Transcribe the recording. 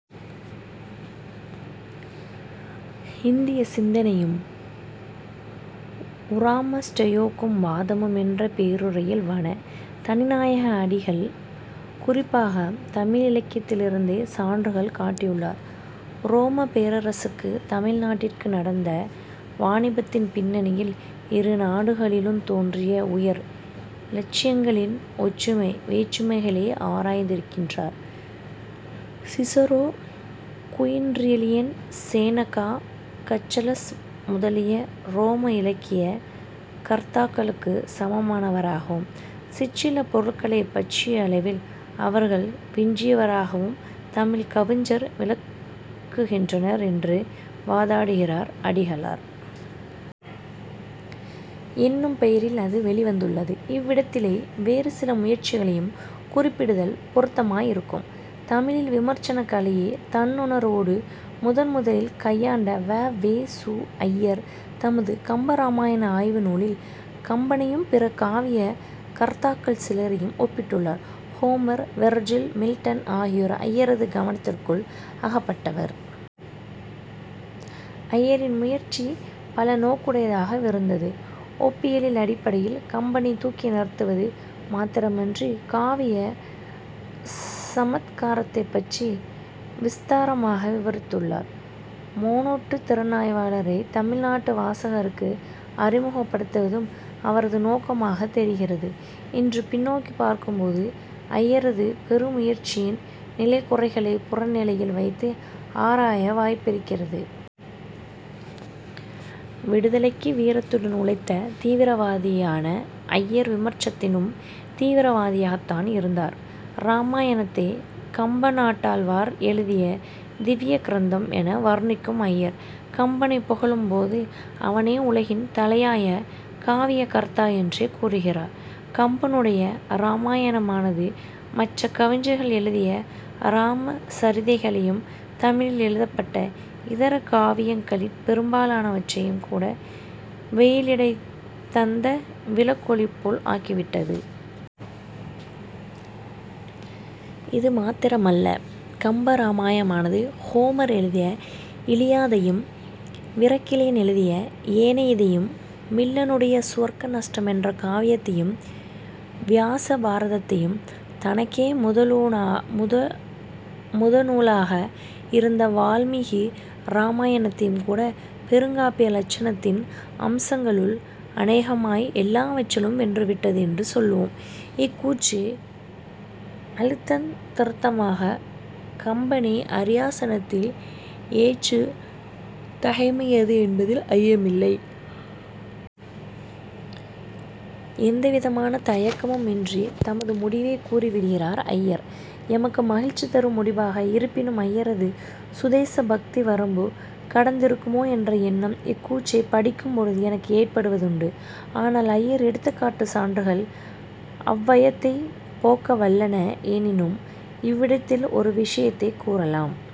இந்திய சிந்தனையும் உராம ஸ்டோய்க்கு வாதமும் என்ற பேருரையில் வண. தனிநாயக அடிகள், குறிப்பாகத் தமிழிலக்கியத்திலிருந்தே சான்றுகள் காட்டியுள்ளார். உரோமப் பேரரசுக்கும் தமிழ் நாட்டிற்கும் நடந்த வாணிபத்தின் பின்னணியில் இரு நாடுகளிலுந் தோன்றிய உயர் இலட்சியங்களின் ஒற்றுமை வேற்றுமைகளை ஆராய்ந்திருக்கின்றார். சிஸரோ, குயின்றிலியன், செனெகா, கற்றலஸ் முதலிய உரோம இலக்கிய கர்த்தாக்களுக்குச் சமமானவராகவும், சிற்சில பொருள்களைப் பற்றிய அளவில் அவர்களை விஞ்சியவராகவும் தமிழ்க் கவிஞர் விளங்குகின்றனர் என்று வாதாடுகிறார் அடிகளார். என்னும் பெயாில் அது வௌிவந்துள்ளது. இவ்விடத்திலே வேறு சில முயற்சிகளையும் குறிப்பிடுதல் பொருத்தமாயிருக்கும். தமிழில் விமர்சனக் கலையைத் தன்னுணர்வோடு முதன் முதலிற் கையாண்ட வ. வே. சு. ஐயர் தமது கம்பராமாயண ஆய்வு நூலில், கம்பனையும் பிற காவிய கர்த்தாக்கள் சிலரையும் ஒப்பிட்டுள்ளார். ஹோமர், வெர்ஜில், மில்டன் ஆகியோர் ஐயரது கவனத்திற்குள் அகப்பட்டவர்கள். ஐயாின் முயற்சி பல நோக்குடையதாக விருந்தது. ஒப்பியலின் அடிப்படையில் கம்பனைத் தூக்கி நிறுத்துவது மாத்திரமன்றி, 'காவிய சமத்காரத்தைப் பற்றி விஸ்தாரமாக விவாித்துள்ள' மேனாட்டுத் திறனாய்வாளரைத் தமிழ் நாட்டு வாசகருக்கு அறிமுகப்படுத்துவதும். அவரது நோக்கமாகத் தொிகிறது. இன்று பின்னோக்கிப் பார்க்கும் போது, ஐயரது பெருமுயற்சியின் நிறைகுறைகளைப் புற நிலையில் வைத்து ஆராய வாய்ப்பிருக்கிறது. விடுதலைக்கு வீரத்துடன் உழைத்த தீவிரவாதியான ஐயர் விமர்சனத்திலும் தீவிரவாதியாகத் தான் இருந்தார். இராமாயணத்தை, "கம்பநாட்டாழ்வார் எழுதிய திவ்ய கிரந்தம்" என வருணிக்கும் ஐயர், கம்பனைப் புகழும் போது அவனை உலகின் தலையாய காவியகர்த்தா என்றே கூறுகிறார். "கம்பனுடைய ராமாயணமானது மற்ற கவிகள் எழுதிய ராம சாிதைகளையும் தமிழில் எழுதப்பட்ட இதர காவியங்களிற் பெரும்பாலான வற்றையும் கூட 'வெயிலிடைத் தந்த விளக்கொளிபோல் ஆக்கிவிட்டது. இது மாத்திரமல்ல. கம்ப ராமாயணமானது ஹோமர் எழுதிய இலியாதையும், விர்க்கிலியன் எழுதிய ஏனயிதையும், மில்டனுடைய சுவர்க்க நஷ்டம் என்ற காவியத்தையும், வியாஸ பாரதத்தையும் தனக்கே முதனூலாக இருந்த வால்மீகி ராமாயணத்தையும் கூட, பெருங்காப்பிய லட்சணத்தின் அம்சங்களுள் அனேகமாய் எல்லாவற்றிலும் வென்றுவிட்டது என்று சொல்லுவோம். " இக்கூற்று அழுத்தந் திருத்தமாகக் கம்பனை அாியாசனத்தில் ஏற்றுந் தகைமையது என்பதில் ஐயமில்லை. எந்தவிதமான தயக்கமுமின்றித் தமது முடிவைக் கூறி விடுகின்றார் ஐயர். எமக்கு மகிழ்ச்சிதரும் முடிபாக இருப்பினும், ஐயரது சுதேச பக்தி வரம்பு கடந்திருக்குமோ என்ற எண்ணம் இக்கூற்றைப் படிக்கும்பொழுது எனக்கு ஏற்படுவதுண்டு. ஆனால், ஐயர் எடுத்துக்காட்டும் சான்றுகள் அவ்வையத்தைப் போக்கவல்லன. எனினும், இவ்விடத்தில் ஒரு விஷயத்தைக் கூறலாம்.